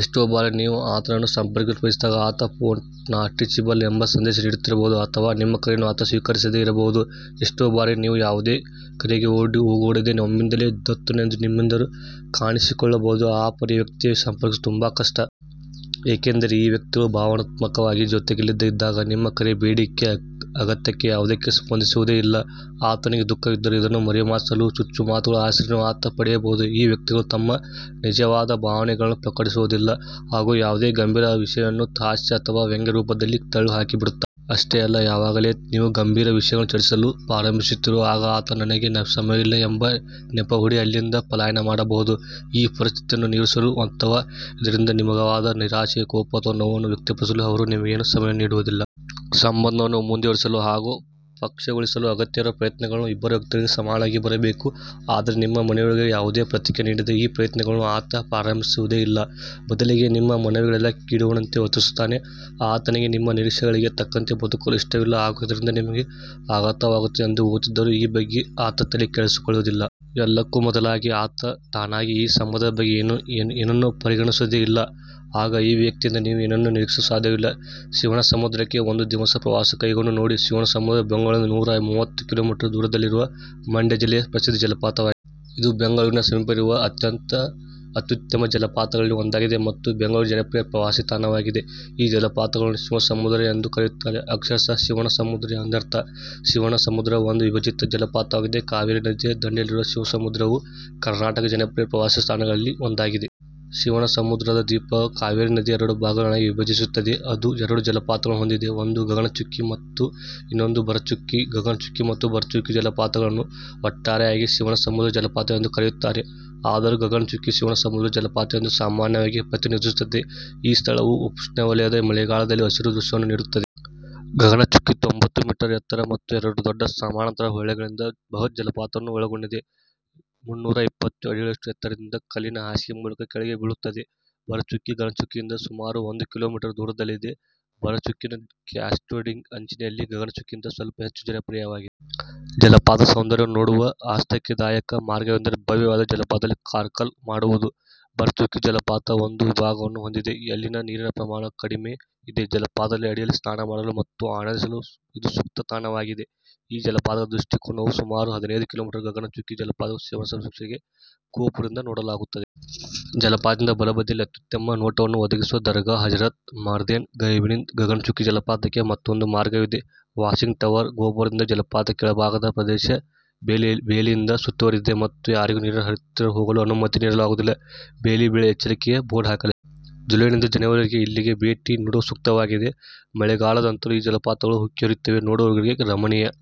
ಎಷ್ಟೋ ಬಾರಿ, ನೀವು ಆತನನ್ನು ಸಂಪರ್ಕಿಸಲು ಬಯಸಿದಾಗ ಆತನ ಫೋನ್ ನಾಟ್ ರೀಚಬಲ್ ಎಂಬ ಸಂದೇಶ ನೀಡುತ್ತಿದ್ದಿರಬಹುದು ಅಥವಾ ನಿಮ್ಮ ಕರೆಯನ್ನು ಆತ ಸ್ವೀಕರಿಸದೇ ಇರಬಹುದು. ಎಷ್ಟೋ ಬಾರಿ ನಿಮ್ಮ ಯಾವುದೇ ಕರೆಗೆ ಓಗೊಡದೇ ಒಮ್ಮಿಂದೊಮ್ಮೆಲೇ ಧುತ್ತನೆ ನಿಮ್ಮೆದುರು ಕಾಣಿಸಿಕೊಳ್ಳಬಹುದು. ಈ ಪರಿಯ ವ್ಯಕ್ತಿಯನ್ನು ಸಂಪರ್ಕಿಸುವುದು ತುಂಬಾ ಕಷ್ಟ. ಏಕೆಂದರೆ, ಈ ವ್ಯಕ್ತಿಗಳು ಭಾವನಾತ್ಮಕವಾಗಿ ಜೊತೆಗಿಲ್ಲದೇ ಇದ್ದಾಗ ನಿಮ್ಮ ಕರೆ, ಬೇಡಿಕೆ, ಅಗತ್ಯತೆ ಯಾವುದಕ್ಕೂ ಸ್ಪಂದಿಸುವುದೇ ಇಲ್ಲ. ಆತನಿಗೆ ದುಃಖವಿದ್ದರೂ ಇದನ್ನು ಮರೆಮಾಚಲು ಚುಚ್ಚುಮಾತುಗಳ ಆಸರೆಯನ್ನು ಆತ ಪಡೆಯಬಹುದು. ಈ ವ್ಯಕ್ತಿಗಳು ತಮ್ಮ ನಿಜವಾದ ಭಾವನೆಗಳನ್ನು ಪ್ರಕಟಿಸುವುದಿಲ್ಲ ಹಾಗೂ ಯಾವುದೇ ಗಂಭೀರ ವಿಷಯವನ್ನೂ ಹಾಸ್ಯ ಅಥವಾ ವ್ಯಂಗ್ಯದ ರೂಪದಲ್ಲಿ ತಳ್ಳಿಹಾಕಿಬಿಡುತ್ತಾರೆ. ಅಷ್ಟೇ ಅಲ್ಲ, ಯಾವಾಗೆಲ್ಲಾ ನೀವು ಗಂಭೀರ ವಿಷಯಗಳನ್ನು ಚರ್ಚಿಸಲು ಪ್ರಾರಂಭಿಸುತ್ತೀರೋ ಆಗ ಆತ ತನಗೆ ಸಮಯವಿಲ್ಲ ಎಂಬ ನೆಪ ಹೂಡಿ ಅಲ್ಲಿಂದ ಪಲಾಯನ ಮಾಡಬಹುದು. ಈ ಪರಿಸ್ಥಿತಿಯನ್ನು ನಿರ್ವಹಿಸಲು ಅಥವಾ ಇದರಿಂದ ನಿಮಗಾದ ನಿರಾಶೆ, ಕೋಪ ಅಥವಾ ನೋವನ್ನು ವ್ಯಕ್ತಪಡಿಸಲೂ ಅವನು ನಿಮಗೆ ಸಮಯವನ್ನು ನೀಡುವುದಿಲ್ಲ. ಸಂಬಂಧವನ್ನು ಮುಂದುವರೆಸಲು ಹಾಗೂ ಪಕ್ವಗೊಳಿಸಲು ಅಗತ್ಯವಿರುವ ಪ್ರಯತ್ನಗಳು ಇಬ್ಬರೂ ವ್ಯಕ್ತಿಗಳಿಂದ ಸಮಾನವಾಗಿ ಬರಬೇಕು. ಆದರೆ ನಿಮ್ಮ ಮನವಿಗಳಿಗೆ ಯಾವುದೇ ಪ್ರತಿಕ್ರಿಯೆ ನೀಡದೇ ಈ ಪ್ರಯತ್ನಗಳನ್ನು ಆತ ಪ್ರಾರಂಭಿಸುವುದೇ ಇಲ್ಲ, ಬದಲಿಗೆ, ನಿಮ್ಮ ಮನವಿಗಳಿಗೆಲ್ಲಾ ಕಿವುಡನೆಂತೆ ವರ್ತಿಸುತ್ತಾನೆ. ಆತನಿಗೆ ನಿಮ್ಮ ನಿರೀಕ್ಷೆಗಳಿಗೆ ತಕ್ಕಂತೆ ಬದುಕಲು ಇಷ್ಟವಿಲ್ಲ ಹಾಗೂ ಇದರಿಂದ ನಿಮಗೆ ಆಘಾತವಾಗುತ್ತದೆ ಎಂದು ಗೊತ್ತಿದ್ದರೂ ಈ ಬಗ್ಗೆ ಆತ ತಲೆ ಕೆಡಿಸಿಕೊಳ್ಳುವುದಿಲ್ಲ. ಎಲ್ಲಕ್ಕೂ ಮೊದಲಾಗಿ, ಆತ ತಾನಾಗಿ ಈ ಸಂಬಂಧದ ಬಗ್ಗೆ ಏನನ್ನೂ ಪರಿಗಣಿಸುವುದೇ ಇಲ್ಲ. ಆಗ ಈ ವ್ಯಕ್ತಿಯಿಂದ ನೀವು ಏನನ್ನೂ ನಿರೀಕ್ಷಿಸಲು ಸಾಧ್ಯವಿಲ್ಲ. ಶಿವನಸಮುದ್ರಕ್ಕೆ ಒಂದು ದಿನದ ಪ್ರವಾಸ ಕೈಗೊಂಡು ನೋಡಿ ಶಿವನಸಮುದ್ರವು ಬೆಂಗಳೂರಿನಿಂದ ನೂರ ಮೂವತ್ತು ಕಿಲೋಮೀಟರ್ ದೂರದಲ್ಲಿರುವ ಮಂಡ್ಯ ಜಿಲ್ಲೆಯ ಪ್ರಸಿದ್ಧ ಜಲಪಾತವಾಗಿದೆ. ಇದು ಬೆಂಗಳೂರಿನ ಸಮೀಪವಿರುವ ಅತ್ಯುತ್ತಮ ಜಲಪಾತಗಳಲ್ಲಿ ಒಂದಾಗಿದೆ ಮತ್ತು ಬೆಂಗಳೂರಿನ ಜನಪ್ರಿಯ ಪ್ರವಾಸಿತಾಣವಾಗಿದೆ. ಈ ಜಲಪಾತಗಳನ್ನು ಶಿವ ಸಮುದ್ರ ಎಂದೂ ಕರೆಯುತ್ತಾರೆ. ಅಕ್ಷರಶಃ ಶಿವನ ಸಮುದ್ರ ಎಂದರ್ಥ. ಶಿವನಸಮುದ್ರವು ಒಂದು ವಿಭಜಿತ ಜಲಪಾತವಾಗಿದೆ. ಕಾವೇರಿ ನದಿಯ ದಂಡೆಯಲ್ಲಿರುವ ಶಿವನಸಮುದ್ರವು ಕರ್ನಾಟಕದ ಜನಪ್ರಿಯ ಪ್ರವಾಸಿ ಸ್ಥಳಗಳಲ್ಲಿ ಒಂದಾಗಿದೆ. ಶಿವನಸಮುದ್ರದ ದ್ವೀಪ ಕಾವೇರಿ ನದಿಯ ಎರಡು ಭಾಗಗಳಾಗಿ ವಿಭಜಿಸುತ್ತದೆ, ಅದು ಎರಡು ಜಲಪಾತಗಳನ್ನು ಹೊಂದಿದೆ, ಒಂದು ಗಗನಚುಕ್ಕಿ ಮತ್ತು ಇನ್ನೊಂದು ಬರಾಚುಕ್ಕಿ. ಗಗನಚುಕ್ಕಿ ಮತ್ತು ಬರಚುಕ್ಕಿ ಜಲಪಾತಗಳನ್ನು ಒಟ್ಟಾರೆಯಾಗಿ ಶಿವನಸಮುದ್ರ ಜಲಪಾತವೆಂದು ಕರೆಯುತ್ತಾರೆ. ಆದರೂ ಗಗನಚುಕ್ಕಿ ಶಿವನಸಮುದ್ರ ಜಲಪಾತವೆಂದು ಸಾಮಾನ್ಯವಾಗಿ ಪ್ರತಿನಿಧಿಸುತ್ತದೆ. ಈ ಸ್ಥಳವು ಉಷ್ಣವಲಯದ ಮಳೆಗಾಲದಲ್ಲಿ ಹಸಿರು ದೃಶ್ಯವನ್ನು ನೀಡುತ್ತದೆ. ಗಗನಚುಕ್ಕಿ ತೊಂಬತ್ತು ಮೀಟರ್ ಎತ್ತರ ಮತ್ತು ಎರಡು ದೊಡ್ಡ ಸಮಾನಾಂತರ ಹೊಳೆಗಳಿಂದ ಬೃಹತ್ ಜಲಪಾತವನ್ನು ಒಳಗೊಂಡಿದೆ. ಮುನ್ನೂರ ಇಪ್ಪತ್ತು ಅಡಿಗಳಷ್ಟು ಎತ್ತರದಿಂದ ಕಲ್ಲಿನ ಹಾಸಿಗೆಯ ಮೂಲಕ ಕೆಳಗೆ ಬೀಳುತ್ತದೆ. ಭರಾಚುಕ್ಕಿ ಗಗನಚುಕ್ಕಿಯಿಂದ ಸುಮಾರು ಒಂದು ಕಿಲೋಮೀಟರ್ ದೂರದಲ್ಲಿದೆ. ಭರಾಚುಕ್ಕಿನ ಕ್ಯಾಸ್ಕೇಡಿಂಗ್ ಅಂಚಿನಲ್ಲಿ ಗಗನಚುಕ್ಕಿಗಿಂತ ಸ್ವಲ್ಪ ಹೆಚ್ಚು ಜನಪ್ರಿಯವಾಗಿದೆ. ಜಲಪಾತದ ಸೌಂದರ್ಯವನ್ನು ನೋಡುವ ಆಸಕ್ತಿದಾಯಕ ಮಾರ್ಗವೆಂದರೆ ಭವ್ಯವಾದ ಜಲಪಾತದಲ್ಲಿ ಕಾರಾಕಲ್ ಮಾಡುವುದು. ಬರಾಚುಕ್ಕಿ ಜಲಪಾತದ ಒಂದು ವಿಭಾಗವನ್ನು ಹೊಂದಿದೆ, ಅಲ್ಲಿ ನೀರಿನ ಪ್ರಮಾಣವು ಕಡಿಮೆ ಇದೆ. ಜಲಪಾತದ ಅಡಿಯಲ್ಲಿ ಸ್ನಾನ ಆಡಲು ಮತ್ತು ಆನಂದಿಸಲು ಇದು ಸೂಕ್ತ ತಾಣವಾಗಿದೆ. ಈ ಜಲಪಾತಗಳ ದೃಷ್ಟಿಕೋನವು ಸುಮಾರು ಹದಿನೈದು ಕಿಲೋಮೀಟರ್ ಗಗನಚುಕ್ಕಿ ಜಲಪಾತಗಳನ್ನು ಶಿವನಸಮುದ್ರ ವೀಕ್ಷಣೆ ಗೋಪುರದಿಂದ ನೋಡಲಾಗುತ್ತದೆ. ಜಲಪಾತದ ಬಲ ಬದಿಯಲ್ಲಿ ಅತ್ಯುತ್ತಮ ನೋಟವನ್ನು ಒದಗಿಸುವ ದರ್ಗಾ ಹಜರಥ್ ಮರ್ದೆನ್ ಗೈಬ್ನಿಂದ ಗಗನಚುಕ್ಕಿ ಜಲಪಾತಕ್ಕೆ ಮತ್ತೊಂದು ಮಾರ್ಗವಿದೆ. ವಾಶಿಂಗ್ ಟವರ್ ಗೋಪುರದಿಂದ ಜಲಪಾತದ ಕೆಳಭಾಗದ ಪ್ರದೇಶವು ಬೇಲಿಯಿಂದ ಸುತ್ತುವರಿದಿದೆ ಮತ್ತು ಯಾರಿಗೂ ನೀರಿನ ಹತ್ತಿರ ಹೋಗಲು ಅನುಮತಿ ನೀಡಲಾಗುವುದಿಲ್ಲ. ಬೇಲಿ ಬಳಿ ಎಚ್ಚರಿಕೆಯ ಬೋರ್ಡ್ ಹಾಕಲಾಗಿದೆ. ಜುಲೈನಿಂದ ಜನವರಿವರೆಗೆ ಇಲ್ಲಿಗೆ ಭೇಟಿ ನೀಡುವುದು ಸೂಕ್ತವಾಗಿದೆ. ಮಳೆಗಾಲದಲ್ಲಂತೂ ಈ ಜಲಪಾತಗಳು ಉಕ್ಕಿಹರಿಯುತ್ತಿರುತ್ತವೆ. ನೋಡುಗರಿಗೂ ರಮಣೀಯ